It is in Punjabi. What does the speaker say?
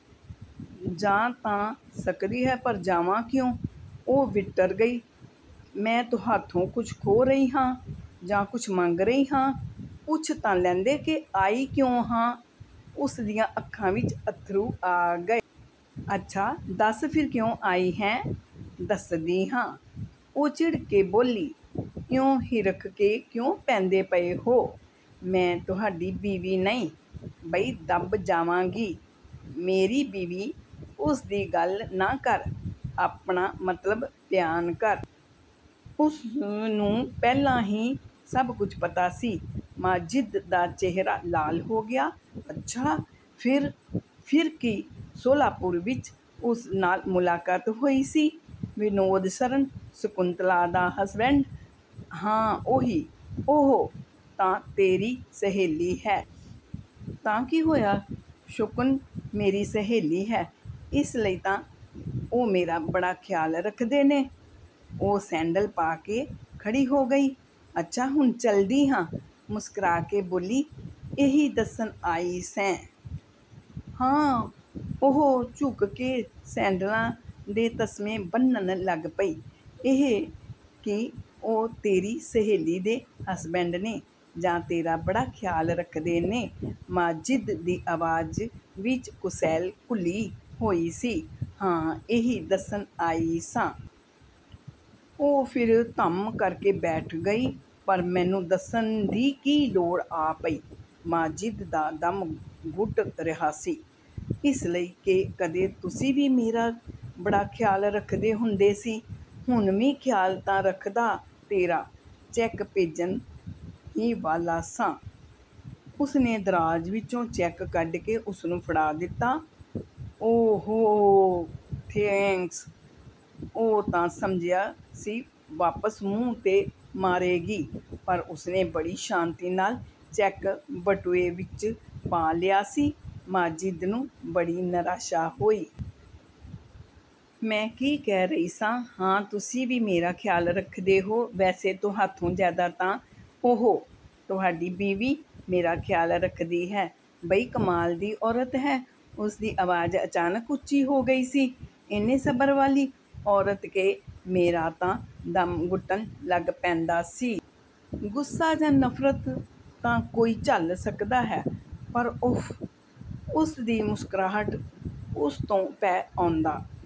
"ਜਾ ਤਾਂ ਸਕਦੀ ਹਾਂ, ਪਰ ਜਾਵਾਂ ਕਿਉਂ?" ਉਹ ਵਿਟਰ ਗਈ, "ਮੈਂ ਤੁਹਾਥੋਂ ਕੁਝ ਖੋਹ ਰਹੀ ਹਾਂ ਜਾਂ ਕੁਝ ਮੰਗ ਰਹੀ ਹਾਂ? ਪੁੱਛ ਤਾਂ ਲੈਂਦੇ ਕਿ ਆਈ ਕਿਉਂ ਹਾਂ?" ਉਸ ਦੀਆਂ ਅੱਖਾਂ ਵਿੱਚ ਅੱਥਰੂ ਆ ਗਏ। "ਅੱਛਾ ਦੱਸ ਫਿਰ, ਕਿਉਂ ਆਈ ਹੈਂ?" "ਦੱਸਦੀ ਹਾਂ," ਉਹ ਚਿੜ ਕੇ ਬੋਲੀ, "ਇਉਂ ਹਿਰਖ ਕੇ ਕਿਉਂ ਪੈਂਦੇ ਪਏ ਹੋ? ਮੈਂ ਤੁਹਾਡੀ ਬੀਵੀ ਨਹੀਂ, ਬਈ ਦਬ ਜਾਵਾਂਗੀ?" "ਮੇਰੀ ਬੀਵੀ, ਉਸਦੀ ਗੱਲ ਨਾ ਕਰ, ਆਪਣਾ ਮਤਲਬ ਬਿਆਨ ਕਰ।" ਉਸਨੂੰ ਪਹਿਲਾਂ ਹੀ ਸਭ ਕੁਝ ਪਤਾ ਸੀ।" ਮਾਜਿਦ ਦਾ ਚਿਹਰਾ ਲਾਲ ਹੋ ਗਿਆ। "ਅੱਛਾ ਫਿਰ?" "ਫਿਰ ਕੀ? ਸ਼ੋਲਾਪੁਰ ਵਿੱਚ ਉਸ ਨਾਲ ਮੁਲਾਕਾਤ ਹੋਈ ਸੀ।" "ਵਿਨੋਦ ਸ਼ਰਨ, ਸ਼ਕੁੰਤਲਾ ਦਾ ਹਸਬੈਂਡ?" "ਹਾਂ-ਉਹੀ।" "ਉਹ ਤਾਂ ਤੇਰੀ ਸਹੇਲੀ ਹੈ?" "ਤਾਂ ਕੀ ਹੋਇਆ? ਸ਼ਕੁਨ ਮੇਰੀ ਸਹੇਲੀ ਹੈ। ਇਸੇ ਲਈ ਤਾਂ ਉਹ ਮੇਰਾ ਬੜਾ ਖ਼ਿਆਲ ਰੱਖਦੇ ਨੇ," ਉਹ ਸੈਂਡਲ ਪਾ ਕੇ ਖੜੀ ਹੋ ਗਈ, "ਅੱਛਾ ਹੁਣ ਚਲਦੀ ਹਾਂ।" ਮੁਸਕਰਾ ਕੇ ਬੋਲੀ। "ਇਹੀ ਦੱਸਣ ਆਈ ਸੈਂ?" "ਹਾਂ।" ਉਹ ਝੁਕ ਕੇ ਸੈਂਡਲਾਂ ਦੇ ਤਸਮੇ ਬੰਨ੍ਹਣ ਲੱਗ ਪਈ। "ਇਹ ਕਿ ਉਹ ਤੇਰੀ ਸਹੇਲੀ ਦੇ ਹਸਬੈਂਡ ਨੇ? ਜਾਂ ਤੇਰਾ ਬੜਾ ਖ਼ਿਆਲ ਰੱਖਦੇ ਨੇ?" ਮਾਜਿਦ ਦੀ ਆਵਾਜ਼ ਵਿੱਚ ਕੁਸੈਲ ਘੁਲੀ ਹੋਈ ਸੀ। "ਹਾਂ, ਇਹੀ ਦੱਸਣ ਆਈ ਸਾਂ।" ਉਹ ਫਿਰ 'ਧੱਮ' ਕਰਕੇ ਬੈਠ ਗਈ। "ਪਰ ਮੈਨੂੰ ਦੱਸਣ ਦੀ ਕੀ ਲੋੜ ਆ ਪਈ?" ਮਾਜਿਦ ਦਾ ਦਮ ਘੁੱਟ ਰਿਹਾ ਸੀ। "ਇਸ ਲਈ ਕਿ ਕਦੇ ਤੁਸੀਂ ਵੀ ਮੇਰਾ ਬੜਾ ਖ਼ਿਆਲ ਰੱਖਦੇ ਹੁੰਦੇ ਸੀ।" "ਹੁਣ ਵੀ ਖ਼ਿਆਲ ਤਾਂ ਰੱਖਦਾ ਤੇਰਾ, ਚੈੱਕ ਭੇਜਣ ਹੀ ਵਾਲਾ ਸਾਂ।" ਉਸਨੇ ਦਰਾਜ਼ ਵਿੱਚੋਂ ਚੈੱਕ ਕੱਢ ਕੇ ਉਸਨੂੰ ਫੜਾ ਦਿੱਤਾ। "ਓ-ਹੋ, ਥੈਂਕਸ।" ਉਹ ਤਾਂ ਸਮਝਿਆ ਸੀ ਵਾਪਸ ਮੂੰਹ 'ਤੇ ਮਾਰੇਗੀ ਪਰ ਉਸਨੇ ਬੜੀ ਸ਼ਾਂਤੀ ਨਾਲ ਚੈੱਕ ਬਟੂਏ ਵਿੱਚ ਪਾ ਲਿਆ ਸੀ। ਮਾਜਿਦ ਨੂੰ ਬੜੀ ਨਿਰਾਸ਼ਾ ਹੋਈ। "ਮੈ ਕੀ ਕਹਿ ਰਹੀ ਸਾਂ, ਹਾਂ, ਤੁਸੀਂ ਵੀ ਮੇਰਾ ਖ਼ਿਆਲ ਰੱਖਦੇ ਹੋ। ਵੈਸੇ ਤੁਹਾਥੋਂ ਜ਼ਿਆਦਾ ਤਾਂ ਉਹ, ਤੁਹਾਡੀ ਬੀਵੀ ਮੇਰਾ ਖ਼ਿਆਲ ਰੱਖਦੀ ਹੈ। ਬਈ ਕਮਾਲ ਦੀ ਔਰਤ ਹੈ!" ਉਸਦੀ ਆਵਾਜ਼ ਅਚਾਨਕ ਉੱਚੀ ਹੋ ਗਈ ਸੀ, "ਇੰਨੇ ਸਬਰ ਵਾਲੀ ਔਰਤ ਕਿ ਮੇਰਾ ਤਾਂ ਦਮ ਘੁੱਟਣ ਲੱਗ ਪੈਂਦਾ ਸੀ। ਗੁੱਸਾ ਜਾਂ ਨਫ਼ਰਤ ਤਾਂ ਕੋਈ ਝੱਲ ਸਕਦਾ ਹੈ, ਪਰ ਉਫ਼! ਉਸਦੀ ਮੁਸਕਰਾਹਟ, ਉਸ ਤੋਂ ਭੈ ਆਉਂਦਾ"